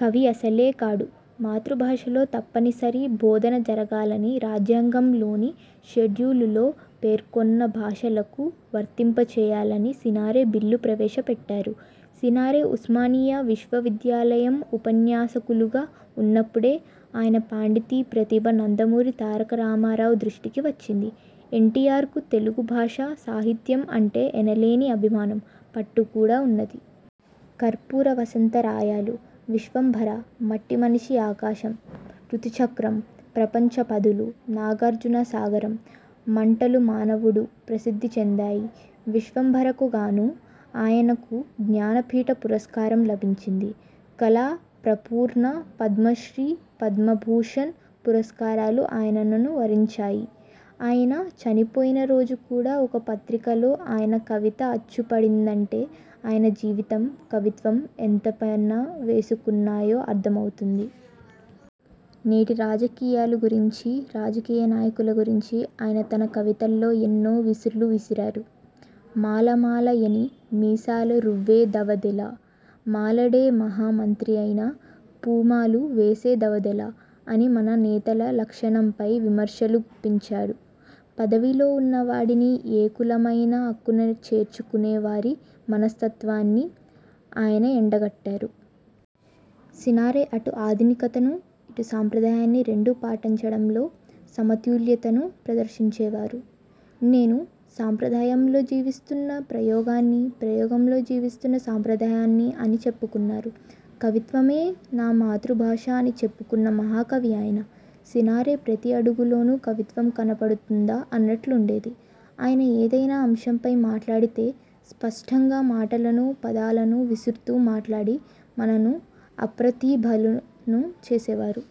కవి అసలే కాడు. మాతృభాషలో తప్పనిసరి బోధన జరగాలని, రాజ్యాంగంలోని షెడ్యూలులో పేర్కొన్న భాషలకు వర్తింపచేయాలని సినారె బిల్లు ప్రవేశపెట్టారు. సినారె ఉస్మానియా విశ్వ విద్యాలయం ఉపన్యాసకులుగా ఉన్నప్పుడే ఆయన పాండితీ ప్రతిభ నందమూరి తారకరామారావు దృష్టికి వచ్చింది. ఎన్టీఆర్కూ తెలుగు భాష, సాహిత్యం అంటే ఎనలేని అభిమానం, పట్టు కూడా ఉన్నది. కర్పూర వసంత రాయాలు, విశ్వంభర, మట్టీ మనిషీ ఆకాశం, రుతుచక్రం, ప్రపంచ పదులు, నాగార్జున సాగరం. మంటలూ మానవుడూ ప్రసిద్ధి చెందాయి. విశ్వంభరకు గాను ఆయనకు జ్ఞానపీఠ పురస్కారం లభించింది. కళాప్రపూర్ణ, పద్మశ్రీ, పద్మభూషణ్ పురస్కారాలు ఆయనను వరించాయి. ఆయన చనిపోయిన రోజు కూడా ఒక పత్రికలో ఆయన కవిత అచ్చుపడిందంటే ఆయన జీవితం, కవిత్వం ఎంత పెనవేసుకున్నాయో అర్థమవుతుంది. నేటి రాజకీయాల గురించి రాజకీయ నాయకుల గురించి ఆయన తన కవితల్లో ఎన్నో విసుర్లు విసిరారు. మాల మాల యని మీసాలు రువ్వెదవదేలా మాలడే మహా మంత్రి అయిన పూమాల వేసేదవదేలా అని మన నేతల లక్షణంపై విమర్శలు గుప్పించారు. పదవిలో ఉన్న వాడిని ఏ కులమైనా అక్కున చేర్చుకునే వారి మనస్తత్వాన్ని ఆయన ఎండగట్టారు. సినారె అటు ఆధునికతనూ, ఇటు సంప్రదాయాన్నీ రెండూ పాటించడంలో సమతుల్యతను ప్రదర్శించేవారు. నేను సంప్రదాయంలో జీవిస్తున్న ప్రయోగాన్ని, ప్రయోగంలో జీవిస్తున్న సంప్రదాయాన్ని అని చెప్పుకున్నారు. కవిత్వమే నా మాతృభాష అని చెప్పుకున్న మహా కవి ఆయన. సినారె ప్రతి అడుగులోనూ కవిత్వం కనపడుతుందా అన్నట్లుండేది. ఆయన ఏదైనా అంశంపై మాట్లాడితే స్పష్టంగా, మాటలను, పదాలను విరుస్తూ మాట్లాడి మనను అప్రతిభులను చేసేవారు.